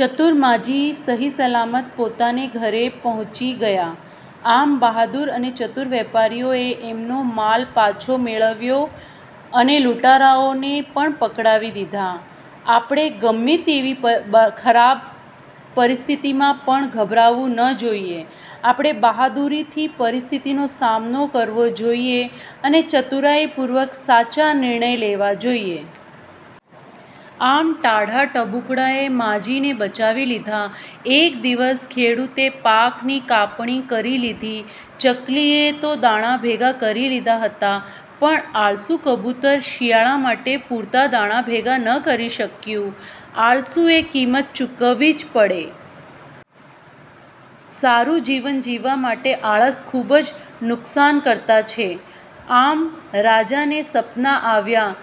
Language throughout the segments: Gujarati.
ચતુર માજી સહી-સલામત પોતાને ઘરે પહોંચી ગયા. આમ બહાદુર અને ચતુર વેપારીઓએ એમનો માલ પાછો મેળવ્યો અને લૂંટારાઓને પણ પકડાવી દીધા. આપણે ગમે તેવી ખરાબ પરિસ્થિતિમાં પણ ગભરાવું ન જોઈએ. આપણે બહાદુરીથી પરિસ્થિતિનો સામનો કરવો જોઈએ અને ચતુરાઈપૂર્વક સાચા નિર્ણય લેવા જોઈએ. આમ ટાઢા ટબુકડાએ માજીને બચાવી લીધાં! એક દિવસ ખેડૂતે પાકની કાપણી કરી લીધી. ચકલીએ તો દાણા ભેગા કરી લીધા હતા પણ આળસુ કબૂતર શિયાળા માટે પૂરતા દાણા ભેગા ન કરી શક્યું. આળસુએ કિંમત ચુકવવી જ પડે! સારું જીવન જીવવા માટે આળસ ખુબ જ નુકસાનકર્તા છે. આમ રાજાને સપનાં આવ્યાં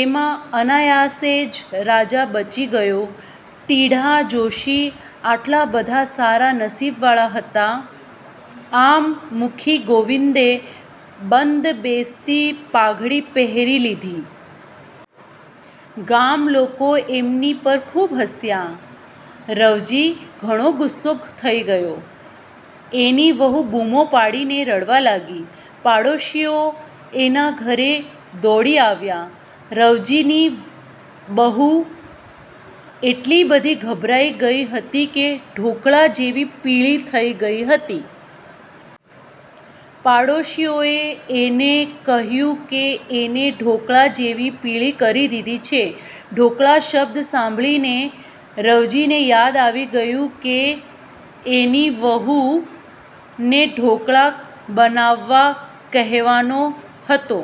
એમાં અનાયાસે જ રાજા બચી ગયો! ટીડા જોશી આટલા બધા સારા નસીબવાળા હતા! આમ મુખી ગોવિંદે "બંધ બેસતી પાઘડી પહેરી લીધી"! ગામ લોકો એમની પર ખુબ હસ્યા. રવજી ઘણો ગુસ્સે થઇ ગયો. એની વહુ બૂમો પાડીને રડવા લાગી. પાડોશીઓ એના ઘરે દોડી આવ્યા. રવજીની વહુ એટલી બધી ગભરાઈ ગઈ હતી કે ઢોકળા જેવી પીળી થઇ ગઈ હતી! પાડોશીઓએ એને કહ્યું કે એને "ઢોકળા" જેવી પીળી કરી દીધી છે. "ઢોકળા" શબ્દ સાંભળીને રવજીને યાદ આવી ગયું કે એ એની વહુને ઢોકળા બનાવવા કહેવાનો હતો!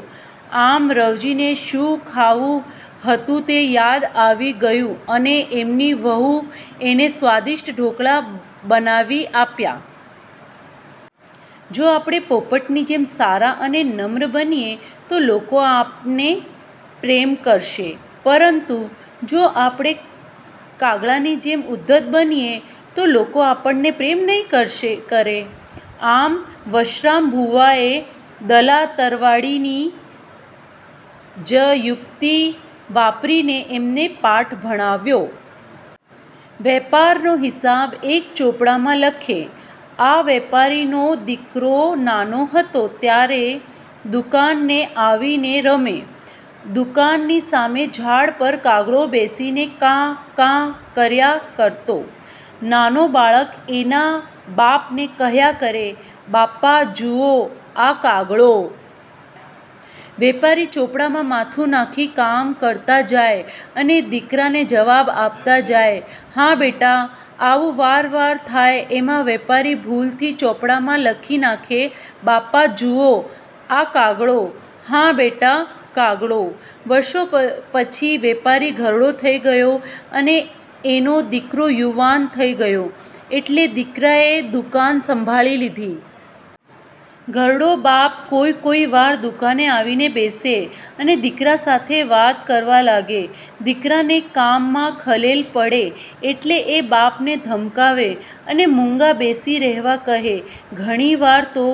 આમ રવજીને શું ખાવું હતું તે યાદ આવી ગયું અને એની વહુએ એને સ્વાદિષ્ટ ઢોકળા બનાવી આપ્યાં! જો આપણે પોપટની જેમ સારા અને નમ્ર બનીએ તો લોકો આપણને પ્રેમ કરશે. પરંતુ જો આપણે કાગડાની જેમ ઉદ્ધત બનીએ તો લોકો આપણને પ્રેમ નહિ કરે. આમ વશરામ ભુવાએ દલા તરવાડીની જ યુક્તિ વાપરીને એમને પાઠ ભણાવ્યો. વેપારનો હિસાબ એક ચોપડામાં લખે. આ વેપારીનો દીકરો નાનો હતો ત્યારે દુકાને આવીને રમે. દુકાનની સામે ઝાડ પર કાગડો બેસીને કા.. કા કર્યા કરતો. નાનો બાળક એના બાપને કહ્યા કરે: "બાપા જુઓ આ કાગડો.. " વેપારી ચોપડામાં માથું નાખી કામ કરતા જાય અને દીકરાને જવાબ આપતા જાય: "હા બેટા આવું વારંવાર થાય એમાં વેપારી ભૂલથી ચોપડામાં લખી નાખે: "બાપા જુઓ આ કાગડો.. હા બેટા કાગડો" વર્ષો પછી વેપારી ઘરડો થઇ ગયો અને એનો દીકરો યુવાન થઇ ગયો એટલે દીકરાએ દુકાન સંભાળી લીધી. ઘરડો બાપ કોઈ કોઈ વાર દુકાને આવીને બેસે અને દીકરા સાથે વાત કરવા લાગે. દીકરાને કામમાં ખલેલ પડે એટલે એ બાપને ધમકાવે અને મુંગા બેસી રહેવા કહે. ઘણી વાર તો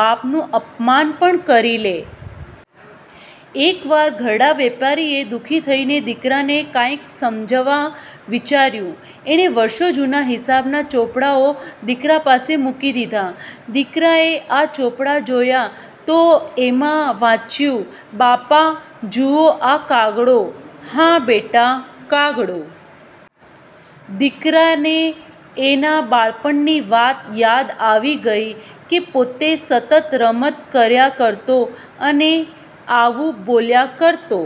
બાપનું અપમાન પણ કરી લે. એક વાર ઘરડા વેપારીએ દુઃખી થઈને દીકરાને કાંઇક સમજાવવા વિચાર્યું. એણે વર્ષો જુના હિસાબના ચોપડાઓ દીકરા પાસે મૂકી દીધા. દીકરાએ આ ચોપડાઓ જોયા તો એમાં વાંચ્યું: "બાપા જુઓ આ કાગડો.. હા બેટા કાગડો". દીકરાને એના બાળપણની વાત યાદ આવી ગઈ કે પોતે સતત રમત કર્યા કરતો અને આવું બોલ્યા કરતો।